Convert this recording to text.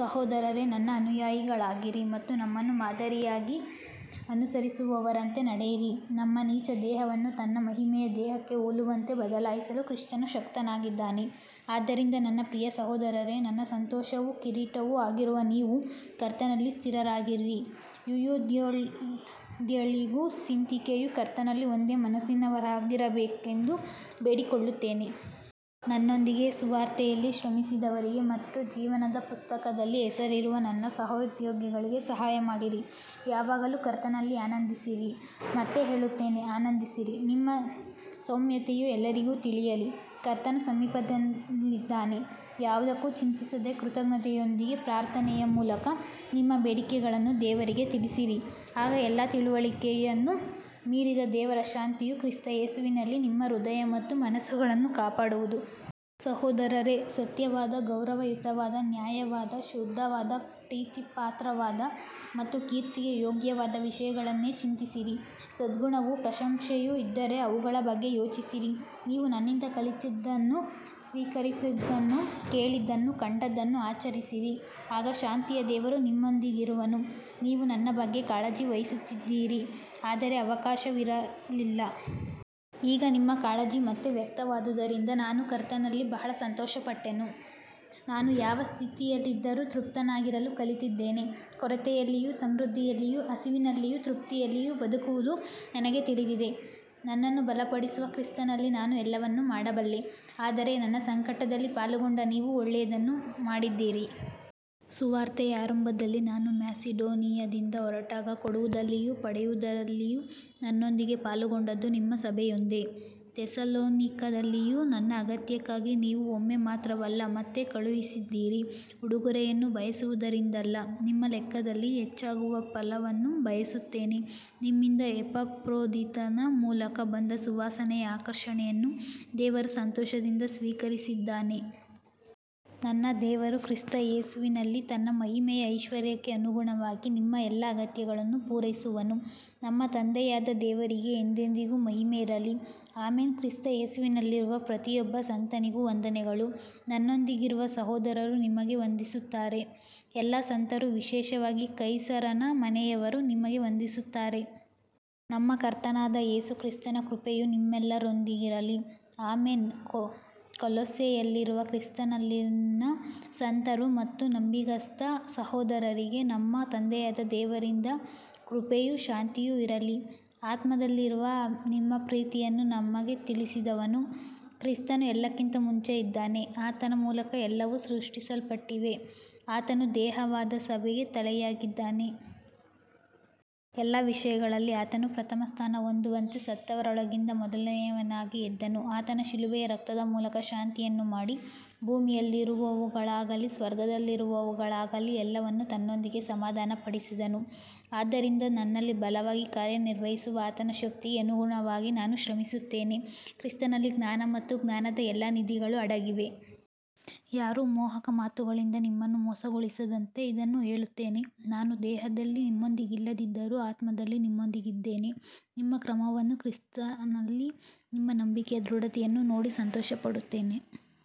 ಸಹೋದರರೇ, ನನ್ನ ಅನುಯಾಯಿಗಳಾಗಿರಿ ಮತ್ತು ನಮ್ಮನ್ನು ಮಾದರಿಯಾಗಿ ಅನುಸರಿಸುವವರಂತೆ ನಡೆಯಿರಿ. ನಮ್ಮ ನೀಚ ದೇಹವನ್ನು ತನ್ನ ಮಹಿಮೆಯ ದೇಹಕ್ಕೆ ಹೋಲುವಂತೆ ಬದಲಾಯಿಸಲು ಕ್ರಿಸ್ತನು ಶಕ್ತನಾಗಿದ್ದಾನೆ. ಆದ್ದರಿಂದ ನನ್ನ ಪ್ರಿಯ ಸಹೋದರರೇ, ನನ್ನ ಸಂತೋಷವೂ ಕಿರೀಟವೂ ಆಗಿರುವ ನೀವು ಕರ್ತನಲ್ಲಿ ಸ್ಥಿರರಾಗಿರಿ. ಯುಯೋದ್ಯಳಿಗೂ ಸಿಂತಿಕೆಯೂ ಕರ್ತನಲ್ಲಿ ಒಂದೇ ಮನಸ್ಸಿನವರಾಗಿರಬೇಕೆಂದು ಬೇಡಿಕೊಳ್ಳುತ್ತೇನೆ. ನನ್ನೊಂದಿಗೆ ಸುವಾರ್ತೆಯಲ್ಲಿ ಶ್ರಮಿಸಿದವರಿಗೆ ಮತ್ತು ಜೀವನದ ಪುಸ್ತಕದಲ್ಲಿ ಹೆಸರಿರುವ ನನ್ನ ಸಹೋದ್ಯೋಗಿಗಳಿಗೆ ಸಹಾಯಮಾಡಿರಿ. ಯಾವಾಗಲೂ ಕರ್ತನಲ್ಲಿ ಆನಂದಿಸಿರಿ, ಮತ್ತೆ ಹೇಳುತ್ತೇನೆ, ಆನಂದಿಸಿರಿ. ನಿಮ್ಮ ಸೌಮ್ಯತೆಯು ಎಲ್ಲರಿಗೂ ತಿಳಿಯಲಿ. ಕರ್ತನು ಸಮೀಪದಲ್ಲಿದ್ದಾನೆ. ಯಾವುದಕ್ಕೂ ಚಿಂತಿಸದೆ, ಕೃತಜ್ಞತೆಯೊಂದಿಗೆ ಪ್ರಾರ್ಥನೆಯ ಮೂಲಕ ನಿಮ್ಮ ಬೇಡಿಕೆಗಳನ್ನು ದೇವರಿಗೆ ತಿಳಿಸಿರಿ. ಆಗ ಎಲ್ಲ ತಿಳುವಳಿಕೆಯನ್ನು ಮೀರಿದ ದೇವರ ಶಾಂತಿಯು ಕ್ರಿಸ್ತ ಯೇಸುವಿನಲ್ಲಿ ನಿಮ್ಮ ಹೃದಯ ಮತ್ತು ಮನಸ್ಸುಗಳನ್ನು ಕಾಪಾಡುವುದು. ಸಹೋದರರೇ, ಸತ್ಯವಾದ, ಗೌರವಯುತವಾದ, ನ್ಯಾಯವಾದ, ಶುದ್ಧವಾದ, ಪ್ರೀತಿಪಾತ್ರವಾದ ಮತ್ತು ಕೀರ್ತಿಗೆ ಯೋಗ್ಯವಾದ ವಿಷಯಗಳನ್ನೇ ಚಿಂತಿಸಿರಿ. ಸದ್ಗುಣವೂ ಪ್ರಶಂಸೆಯೂ ಇದ್ದರೆ ಅವುಗಳ ಬಗ್ಗೆ ಯೋಚಿಸಿರಿ. ನೀವು ನನ್ನಿಂದ ಕಲಿತದ್ದನ್ನೂ ಸ್ವೀಕರಿಸಿದ್ದನ್ನೂ ಕೇಳಿದ್ದನ್ನೂ ಕಂಡದ್ದನ್ನೂ ಆಚರಿಸಿರಿ, ಆಗ ಶಾಂತಿಯ ದೇವರು ನಿಮ್ಮೊಂದಿಗಿರುವನು. ನೀವು ನನ್ನ ಬಗ್ಗೆ ಕಾಳಜಿ ವಹಿಸುತ್ತಿದ್ದಿರಿ, ಆದರೆ ಅವಕಾಶವಿರಲಿಲ್ಲ. ಈಗ ನಿಮ್ಮ ಕಾಳಜಿ ಮತ್ತೆ ವ್ಯಕ್ತವಾದುದರಿಂದ ನಾನು ಕರ್ತನಲ್ಲಿ ಬಹಳ ಸಂತೋಷಪಟ್ಟೆನು. ನಾನು ಯಾವ ಸ್ಥಿತಿಯಲ್ಲಿದ್ದರೂ ತೃಪ್ತನಾಗಿರಲು ಕಲಿತಿದ್ದೇನೆ. ಕೊರತೆಯಲ್ಲಿಯೂ ಸಮೃದ್ಧಿಯಲ್ಲಿಯೂ, ಹಸಿವಿನಲ್ಲಿಯೂ ತೃಪ್ತಿಯಲ್ಲಿಯೂ ಬದುಕುವುದು ನನಗೆ ತಿಳಿದಿದೆ. ನನ್ನನ್ನು ಬಲಪಡಿಸುವ ಕ್ರಿಸ್ತನಲ್ಲಿ ನಾನು ಎಲ್ಲವನ್ನೂ ಮಾಡಬಲ್ಲೆ. ಆದರೂ ನನ್ನ ಸಂಕಟದಲ್ಲಿ ಪಾಲುಗೊಂಡು ನೀವು ಒಳ್ಳೆಯದನ್ನು ಮಾಡಿದ್ದೀರಿ. ಸುವಾರ್ತೆಯ ಆರಂಭದಲ್ಲಿ ನಾನು ಮ್ಯಾಸಿಡೋನಿಯದಿಂದ ಹೊರಟಾಗ ಕೊಡುವುದಲ್ಲಿಯೂ ಪಡೆಯುವುದಲ್ಲಿಯೂ ನನ್ನೊಂದಿಗೆ ಪಾಲುಗೊಂಡದ್ದು ನಿಮ್ಮ ಸಭೆಯೊಂದೇ. ಥೆಸಲೋನಿಕದಲ್ಲಿಯೂ ನನ್ನ ಅಗತ್ಯಕ್ಕಾಗಿ ನೀವು ಒಮ್ಮೆ ಮಾತ್ರವಲ್ಲ, ಮತ್ತೆ ಕಳುಹಿಸಿದ್ದೀರಿ. ಉಡುಗೊರೆಯನ್ನು ಬಯಸುವುದರಿಂದಲ್ಲ, ನಿಮ್ಮ ಲೆಕ್ಕದಲ್ಲಿ ಹೆಚ್ಚಾಗುವ ಫಲವನ್ನು ಬಯಸುತ್ತೇನೆ. ನಿಮ್ಮಿಂದ ಎಪಾಫ್ರೋದಿತನ ಮೂಲಕ ಬಂದ ಸುವಾಸನೆಯ ಅರ್ಪಣೆಯನ್ನು ದೇವರು ಸಂತೋಷದಿಂದ ಸ್ವೀಕರಿಸಿದ್ದಾನೆ. ನನ್ನ ದೇವರು ಕ್ರಿಸ್ತ ಯೇಸುವಿನಲ್ಲಿ ತನ್ನ ಮಹಿಮೆಯ ಐಶ್ವರ್ಯಕ್ಕೆ ಅನುಗುಣವಾಗಿ ನಿಮ್ಮ ಎಲ್ಲಾ ಅಗತ್ಯಗಳನ್ನು ಪೂರೈಸುವನು. ನಮ್ಮ ತಂದೆಯಾದ ದೇವರಿಗೆ ಎಂದೆಂದಿಗೂ ಮಹಿಮೆ ಇರಲಿ. ಆಮೆನ್. ಕ್ರಿಸ್ತ ಯೇಸುವಿನಲ್ಲಿರುವ ಪ್ರತಿಯೊಬ್ಬ ಸಂತನಿಗೂ ವಂದನೆಗಳು. ನನ್ನೊಂದಿಗಿರುವ ಸಹೋದರರು ನಿಮಗೆ ವಂದಿಸುತ್ತಾರೆ. ಎಲ್ಲಾ ಸಂತರು, ವಿಶೇಷವಾಗಿ ಕೈಸರನ ಮನೆಯವರು, ನಿಮಗೆ ವಂದಿಸುತ್ತಾರೆ. ನಮ್ಮ ಕರ್ತನಾದ ಯೇಸು ಕ್ರಿಸ್ತನ ಕೃಪೆಯು ನಿಮ್ಮೆಲ್ಲರೊಂದಿಗಿರಲಿ. ಆಮೆನ್. ಕೊಲೊಸ್ಸೆಯಲ್ಲಿರುವ ಕ್ರಿಸ್ತನಲ್ಲಿನ ಸಂತರು ಮತ್ತು ನಂಬಿಗಸ್ತ ಸಹೋದರರಿಗೆ ನಮ್ಮ ತಂದೆಯಾದ ದೇವರಿಂದ ಕೃಪೆಯೂ ಶಾಂತಿಯೂ ಇರಲಿ. ಆತ್ಮದಲ್ಲಿರುವ ನಿಮ್ಮ ಪ್ರೀತಿಯನ್ನು ನಮಗೆ ತಿಳಿಸಿದವನು. ಕ್ರಿಸ್ತನು ಎಲ್ಲಕ್ಕಿಂತ ಮುಂಚೆ ಇದ್ದಾನೆ, ಆತನ ಮೂಲಕ ಎಲ್ಲವೂ ಸೃಷ್ಟಿಸಲ್ಪಟ್ಟಿವೆ. ಆತನು ದೇಹವಾದ ಸಭೆಗೆ ತಲೆಯಾಗಿದ್ದಾನೆ. ಎಲ್ಲ ವಿಷಯಗಳಲ್ಲಿ ಆತನು ಪ್ರಥಮಸ್ಥಾನ ಹೊಂದುವಂತೆ ಸತ್ತವರೊಳಗಿಂದ ಮೊದಲನೆಯವನಾಗಿ ಎದ್ದನು. ಆತನ ಶಿಲುಬೆಯ ರಕ್ತದ ಮೂಲಕ ಶಾಂತಿಯನ್ನು ಮಾಡಿ, ಭೂಮಿಯಲ್ಲಿರುವವುಗಳಾಗಲಿ ಸ್ವರ್ಗದಲ್ಲಿರುವವುಗಳಾಗಲಿ ಎಲ್ಲವನ್ನೂ ತನ್ನೊಂದಿಗೆ ಸಮಾಧಾನಪಡಿಸಿದನು. ಆದ್ದರಿಂದ ನನ್ನಲ್ಲಿ ಬಲವಾಗಿ ಕಾರ್ಯನಿರ್ವಹಿಸುವ ಆತನ ಶಕ್ತಿಗೆ ಅನುಗುಣವಾಗಿ ನಾನು ಶ್ರಮಿಸುತ್ತೇನೆ. ಕ್ರಿಸ್ತನಲ್ಲಿ ಜ್ಞಾನ ಮತ್ತು ಜ್ಞಾನದ ಎಲ್ಲಾ ನಿಧಿಗಳು ಅಡಗಿವೆ. ಯಾರೂ ಮೋಹಕ ಮಾತುಗಳಿಂದ ನಿಮ್ಮನ್ನು ಮೋಸಗೊಳಿಸದಂತೆ ಇದನ್ನು ಹೇಳುತ್ತೇನೆ. ನಾನು ದೇಹದಲ್ಲಿ ನಿಮ್ಮೊಂದಿಗಿಲ್ಲದಿದ್ದರೂ ಆತ್ಮದಲ್ಲಿ ನಿಮ್ಮೊಂದಿಗಿದ್ದೇನೆ. ನಿಮ್ಮ ಕ್ರಮವನ್ನೂ ಕ್ರಿಸ್ತನಲ್ಲಿ ನಿಮ್ಮ ನಂಬಿಕೆಯ ದೃಢತೆಯನ್ನೂ ನೋಡಿ ಸಂತೋಷಪಡುತ್ತೇನೆ.